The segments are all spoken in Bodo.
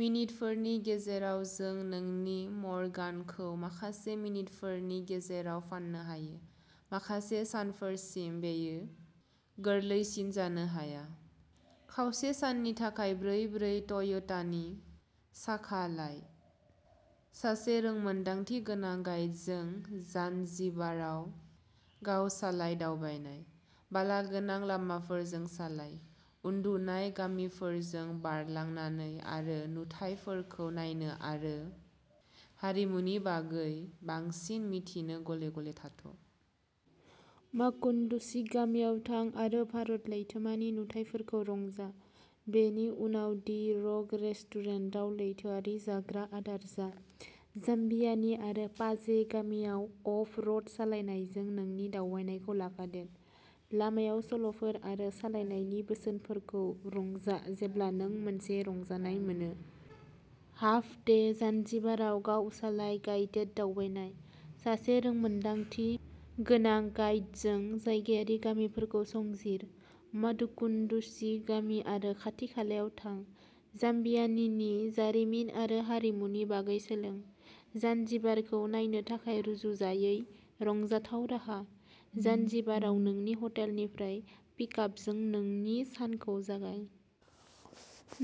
मिनितफोरनि गेजेराव जों नोंनि मर्गानखौ माखासे मिनितफोरनि गेजेराव फाननो हायो। माखासे सानफोरसिम बेयो गोरलैसिन जानो हाया। खावसे साननि थाखाय ब्रै ब्रै टयोटानि साखा लाय। सासे रोंमोन्दांथि गोनां गाइडजों जानजिबाराव गाव-सालाय दावबायनाय। बालागोनां लामाफोरजों सालाय, उन्दुनाय गामिफोरजों बारलांनानै आरो नुथायफोरखौ नायनो आरो हारिमुनि बागै बांसिन मिथिनो गले-गले थाथ'। माकुन्डुचि गामियाव थां आरो भारत लैथोमानि नुथायफोरखौ रंजा, बेनि उनाव दि रक रेस्टुरेन्टआव लैथोआरि जाग्रा आदार जा। जाम्बियानि आरो पाजे गामियाव अफ-र'ड सालायनायजों नोंनि दावबायनायखौ लाफादेर। लामायाव सल'फोर आरो सालायनायनि बोसोनफोरखौ रंजा जेब्ला नों मोनसे रंजानाय मोनो। हाफ डे, जानजिबाराव गाव-सालाय गाइडेड दावबायनाय। सासे रोंमोन्दांथि गोनां गाइडजों जायगायारि गामिफोरखौ संजिर। माकुन्डुचि गामि आरो खाथिखालायाव थां। जाम्बियानिनि जारिमिन आरो हारिमुनि बागै सोलों। जानजिबारखौ नायनो थाखाय रुजुजायै रंजाथाव राहा। जानजिबाराव नोंनि हटेलनिफ्राय पिकआपजों नोंनि सानखौ जागाय।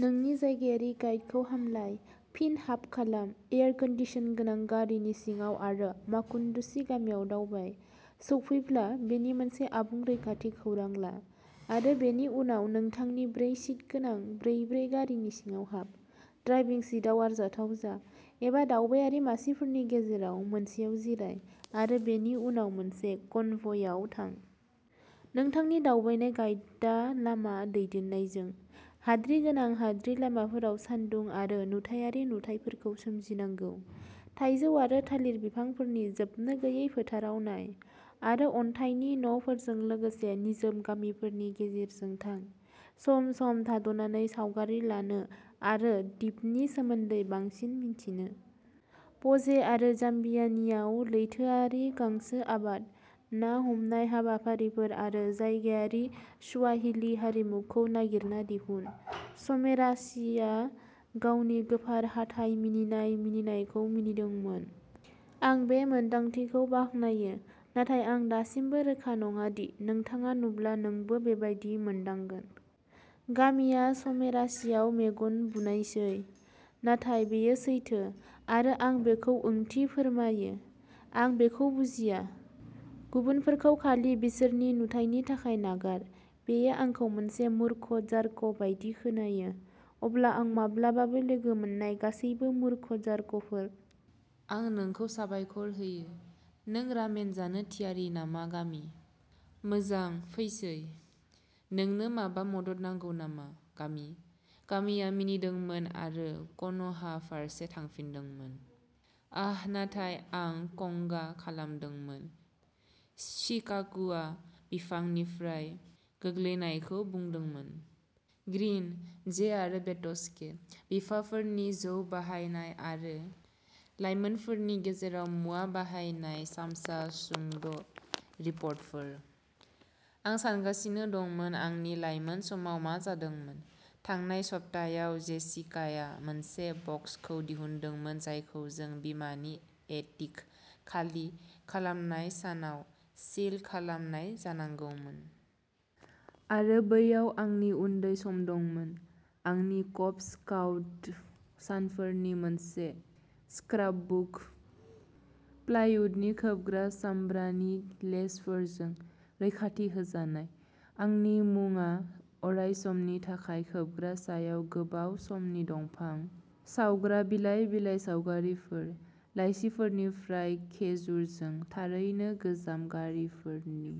नोंनि जायगायारि गाइडखौ हामलाय, फिन हाप खालाम। एयार-कन्डिसन गोनां गारिनि सिङाव आरो माकुन्डुचि गामिसिम दावबाय। सौफैब्ला, मोनसे आबुं रैखाथि खौरां ला आरो बेनि उनाव नोंथांनि ब्रै-सिट गोनां ब्रै ब्रै गारिनि सिङाव हाब। ड्राइभिं सिटआव आरजाथाव जा एबा दावबायारि मासिफोरनि गेजेराव मोनसेआव जिराय, आरो बेनि उनाव मोनसे कनभ'याव थां। नोंथांनि दावबायनाय गाइदा लामा दैदेननायजों, हाद्रि गोनां हाद्रि लामाफोराव सानदुं आरो नुथायारि नुथायफोरखौ सोमजिनांगौ। थाइजौ आरो थालिर बिफांफोरनि जोबनो गैयै फोथारफोराव नाय, आरो अन्थाइनि न'फोरजों लोगोसे निजोम गामिफोरनि गेजेरजों थां, सम-सम थाद'नानै सावगारि लानो आरो दिपनि सोमोन्दै बांसिन मिथिनो। पजे आरो जाम्बियानिआव लैथोआरि गांसो आबाद, ना हमनाय हाबाफारिफोर आरो जायगायारि स्वाहिलि हारिमुखौ नागिरना दिहुन। समेराशिआ गावनि गोफार हाथाइ मिनिनाय मिनिनायखौ मिनिदोंमोन। आं बे मोनदांथिखौ बाख्नायो नाथाय आं दासिमबो रोखा नङा दि नोंथाङा नुब्ला नोंबो बेबादि मोनदांगोन। गामिआ समेराशियाव मेगन बुनायसै। नाथाय बेयो सैथो आरो आं बेखौ ओंथि फोरमायो। आं बेखौ बुजिया। गुबुनफोरखौ खालि बिसोरनि नुथायनि थाखाय नागार। बेयो आंखौ मोनसे मूर्ख जार्क बायदि खोनायो। अब्ला आं माब्लाबाबो लोगो मोननाय गासैबो मूर्ख जार्कफोर। आं नोंखौ साबायखर होयो। नों रामेन जानो थियारि नामा गामी? मोजां, फैसै। नोंनो माबा मदद नांगौ नामा, गामी? गामीआ मिनिदोंमोन आरो क'न'हा फारसे थांफिनदोंमोन। आह नाथाय आं क'गा खालामदोंमोन शिकाकुआ बिफांनिफ्राय गोग्लैनायखौ बुंदोंमोन। ग्रीन, जे आरो बेटस के। बिफाफोरनि जौ बाहायनाय आरो लायमोनफोरनि गेजेराव मुवा बाहायनाय सामसा सुंद' रिपर्टफोर। आं सानगासिनो दंमोन आंनि लायमोन समाव मा जादोंमोन। थांनाय सप्तायाव जेसिकाआ मोनसे बक्सखौ दिहुनदोंमोन जायखौ जों बिमानि एटिक खालि खालामनाय सानाव सिल खालामनाय जानांगौमोन। आरो बैयाव आंनि उन्दै सम दंमोन। आंनि कब स्काउट सानफोरनि मोनसे स्क्रापबुक-प्लायवुडनि खोबग्रा सामब्रानि लेसफोरजों रैखाथि होजानाय, आंनि मुङा अरायसमनि थाखाय खोबग्रा सायाव गोबाव समनि दंफां सावग्रा बिलाइ बिलाइ सावगारिफोर, लाइसिफोरनिफ्राय खेजुरजों थारैनो गोजाम गारिफोरनि